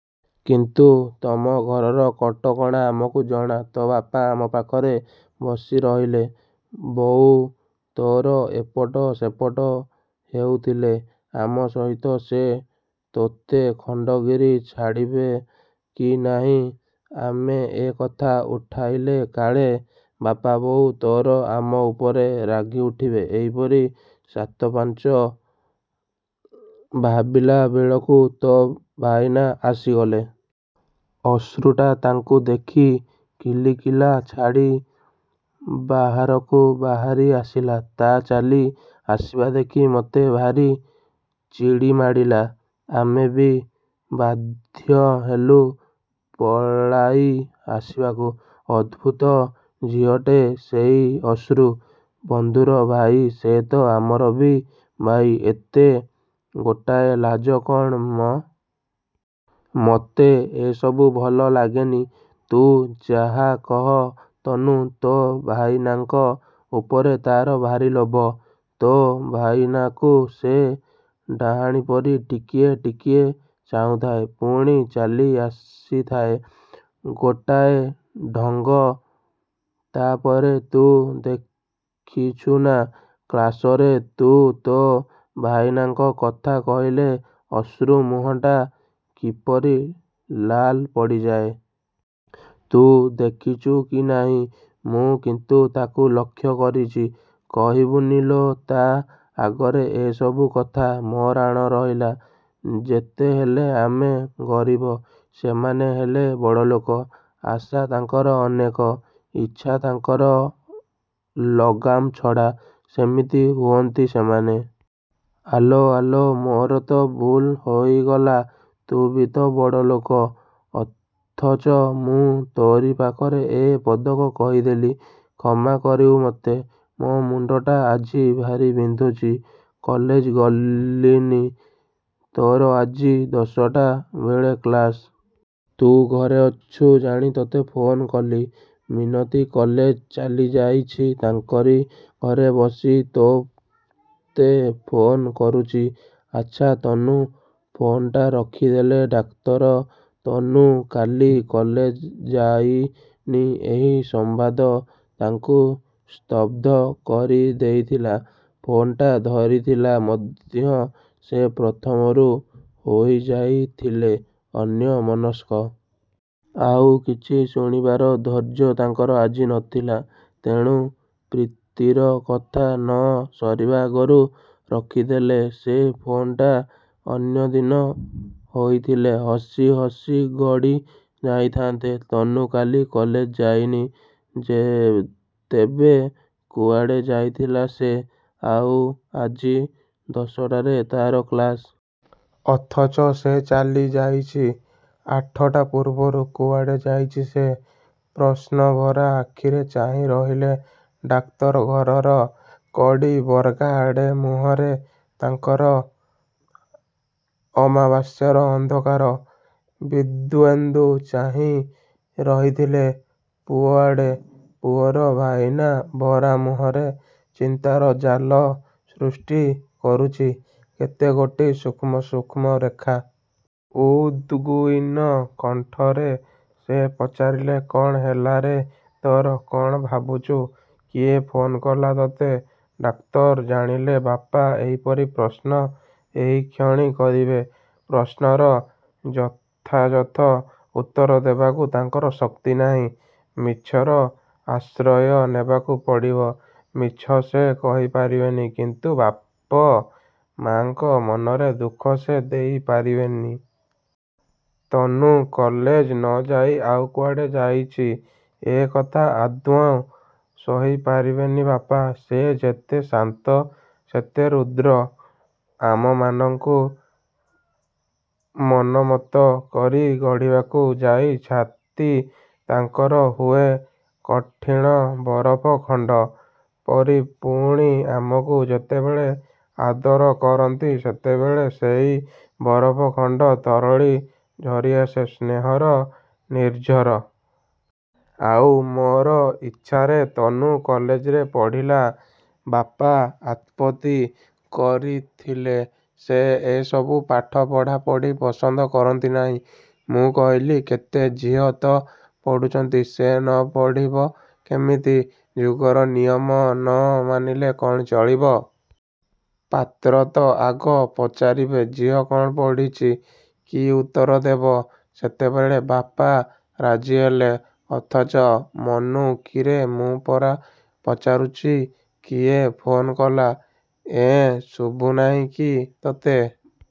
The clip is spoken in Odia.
କିନ୍ତୁ ତମ ଘରର କଟକଣା ଆମକୁ ଜଣା। ତୋ ବାପା ଆମ ପାଖରେ ବସିରହିଲେ। ବୋଉ ତୋର ଏପଟ ସେପଟ ହେଉଥିଲେ। ଆମ ସହିତ ସେ ତୋତେ ଖଣ୍ଡଗିରି ଛାଡ଼ିବେ କି ନାହିଁ। ଆମେ ଏ କଥା ଉଠାଇଲେ କାଳେ ବାପା ବୋଉ ତୋର ଆମ ଉପରେ ରାଗିଉଠିବେ ଏହିପରି ସାତପାଞ୍ଚ ଭାବିଲା ବେଳକୁ ତୋ ଭାଇନା ଆସିଗଲେ! ଅଶ୍ରୁଟା ତାଙ୍କୁ ଦେଖି କିଲିକିଲା ଛାଡ଼ି ବାହାରକୁ ବାହାରି ଆସିଲା ତା' ଚାଲି ଆସିବା ଦେଖି ମୋତେ ଭାରି ଚିଡ଼ିମାଡ଼ିଲା। ଆମେ ବି ବାଧ୍ୟହେଲୁ ପଳାଇ ଆସିବାକୁ। ଅଦ୍ଭୁତ ଝିଅଟେ ସେଇ ଅଶ୍ରୁ। ବନ୍ଧୁର ଭାଇ, ସେ ତ ଆମର ବି ଭାଇ। ଏତେ ଗୋଟାଏ ଲାଜ କ'ଣ ମ। ମୋତେ ଏସବୁ ଭଲ ଲାଗେନି। ତୁ ଯାହାକହ ତନୁ, ତୋ ଭାଇନାଙ୍କ ଉପରେ ତା'ର ଭାରି ଲୋଭ। ତୋ ଭାଇନାକୁ ସେ ଡାହାଣୀପରି ଟିକିଏ ଟିକିଏ ଚାହୁଁଥାଏ ପୁଣି ଚାଲି ଆସିଥାଏ। ଗୋଟାଏ ଢଙ୍ଗ। ତା'ପରେ ତୁ ଦେଖିଛୁ ନା? କ୍ଲାସରେ ତୁ ତୋ ଭାଇନାଙ୍କ କଥା କହିଲେ ଅଶ୍ରୁ ମୁହଁଟା କିପରି ଲାଲ ପଡ଼ିଯାଏ? ତୁ ଦେଖିଛୁ କି ନାହିଁ, ମୁଁ କିନ୍ତୁ ତାକୁ ଲକ୍ଷ୍ୟ କରିଛି। କହିବୁନି ଲୋ ତା' ଆଗରେ ଏ ସବୁ କଥା, ମୋ ରାଣ ରହିଲା। ଯେତେହେଲେ ଆମେ ଗରିବ। ସେମାନେ ହେଲେ ବଡ଼ଲୋକ। ଆଶା ତାଙ୍କର ଅନେକ। ଇଚ୍ଛା ତାଙ୍କର ଲଗାମ ଛଡ଼ା। ସେମିତି ହୁଅନ୍ତି ସେମାନେ। ଆଲୋ, ଆଲୋ ମୋର ତ ଭୁଲ୍ ହୋଇଗଲା। ତୁ ବି ତ ବଡ଼ ଲୋକ। ଅଥଚ, ମୁଁ ତୋରି ପାଖରେ ଏ ପଦକ କହିଦେଲି। କ୍ଷମା କରିବୁ ମୋତେ। ମୋ ମୁଣ୍ଡଟା ଆଜି ଭାରି ବିନ୍ଧୁଛି। କଲେଜ ଗଲିନି। ତୋର ଆଜି ଦଶଟା ବେଳେ କ୍ଲାସ। ତୁ ଘରେ ଅଛୁ ଜାଣି ତୋତେ ଫୋନ କଲି-। ମିନତୀ କଲେଜ ଚାଲିଯାଇଛି। ତାଙ୍କରି ଘରେ ବସି ତୋତେ ଫୋନ କରୁଛି। ଆଚ୍ଛା ତନୁ ଫୋନଟା ରଖିଦେଲେ ଡାକ୍ତର। ତନୁ କାଲି କଲେଜ ଯାଇନି ଏହି ସମ୍ୱାଦ ତାଙ୍କୁ ସ୍ତବ୍ଧ କରିଦେଇଥିଲା। ଫୋନଟା ଧରିଥିଲେ ମଧ୍ୟ ସେ ପ୍ରଥମରୁ ହୋଇଯାଇଥିଲେ ଅନ୍ୟମନସ୍କ। ଆଉ କିଛି ଶୁଣିବାର ଧୈର୍ଯ୍ୟ ତାଙ୍କର ଆଜି ନଥିଲା। ତେଣୁ ପ୍ରୀତିର କଥା ନ ସରିବା ଆଗରୁ ରଖିଦେଲେ ସେ ଫୋନଟା। ଅନ୍ୟଦିନ ହୋଇଥିଲେ ହସି ହସି ଗଡ଼ି ଯାଇଥାନ୍ତେ। ତନୁ କାଲି କଲେଜ ଯାଇନି, ତେବେ କୁଆଡ଼େ ଯାଇଥିଲା ସେ। ଆଉ ଆଜି, ଦଶଟାରେ ତାର କ୍ଳାସ୍। ଅଥଚ ସେ ଚାଲିଯାଇଛି ଆଠଟା ପୂର୍ବରୁ। କୁଆଡ଼େ ଯାଇଛି ସେ! ପ୍ରଶ୍ନଭରା ଆଖିରେ ଚାହିଁ ରହିଲେ ଡାକ୍ତର ଘରର କଡ଼ି ବର୍ଗା ଆଡ଼େ। ମୁହଁରେ ତାଙ୍କର ଅମାବାସ୍ୟାର ଅନ୍ଧକାର। ଦିବ୍ୟେନ୍ଦୁ ଚାହିଁ ରହିଥିଲେ ପୁଅଆଡ଼େ। ପୁଅର ଭାବନା ଭରା ମୁହଁରେ ଚିନ୍ତାର ଜାଲ ସୃଷ୍ଟି କରୁଛି କେତେଗୋଟି ସୂକ୍ଷ୍ମ ସୂକ୍ଷ୍ମ ରେଖା। ଉଦ୍ବିଗ୍ନ କଣ୍ଠରେ ସେ ପଚାରିଲେ-କ'ଣ ହେଲାରେ ତୋର? କ'ଣ ଭାବୁଛୁ? କିଏ ଫୋନ୍ କଲା ତୋତେ? ଡାକ୍ତର ଜାଣିଲେ ବାପା ଏହିପରି ପ୍ରଶ୍ନ ଏହିକ୍ଷଣି କରିବେ। ପ୍ରଶ୍ନର ଯଥାଯଥ ଉତ୍ତରଦେବାକୁ ତାଙ୍କର ଶକ୍ତି ନାହିଁ। ମିଛର ଆଶ୍ରୟ ନେବାକୁ ପଡ଼ିବ। ମିଛ ସେ କହିପାରିବେନି; କିନ୍ତୁ ବାପ ମାଆଙ୍କ ମନରେ ଦୁଃଖ ସେ ଦେଇପାରିବେନି। ତନୁ କଲେଜ ନଯାଇ ଆଉ କୁଆଡ଼େ ଯାଇଛି, ଏ କଥା ଆଦୌ ସହିପାରିବେନି ବାପା। ସେ ଯେତେ ଶାନ୍ତ, ସେତେ ରୁଦ୍ର। ଆମମାନଙ୍କୁ ମନୋମତ କରି ଗଢ଼ିବାକୁ ଯାଇ ଛାତି ତାଙ୍କର ହୁଏ କଠିଣ ବରଫ ଖଣ୍ଡ ପରି ପୁଣି, ଆମକୁ ଯେତେବେଳେ ଆଦର କରନ୍ତି ସେତେବେଳେ ସେଇ ବରଫ ଖଣ୍ଡ ତରଳି ଝରିଆସେ ସ୍ନେହର ନିର୍ଝର। ଆଉ ମୋର ଇଚ୍ଛାରେ ତନୁ କଲେଜରେ ପଢ଼ିଲା। ବାପା ଆପତ୍ତି କରିଥିଲେ। ସେ ଏସବୁ ପାଠ ପଢ଼ା ପଢ଼ି ପସନ୍ଦ କରନ୍ତି ନାହିଁ। ମୁଁ କହିଲି କେତେ ଝିଅ ତ ପଢ଼ୁଛନ୍ତି ସେ ନ ପଢ଼ିବ କେମିତି। ଯୁଗର ନିୟମ ନ ମାନିଲେ କ'ଣ ଚଳିବ? ପାତ୍ର ତ ଆଗ ପଚାରିବେ ଝିଅ କଣ ପଢ଼ିଛି-? କି ଉତ୍ତର ଦେବ ସେତେବେଳେ? ବାପା ରାଜିହେଲେ। ଅଥଚ -ମନୁ, କିରେ, ମୁଁ ପରା ପଚାରୁଛି କିଏ ଫୋନ୍ କଲା? ଏଁ, ଶୁଭୁନାହିଁ କି ତୋତେ।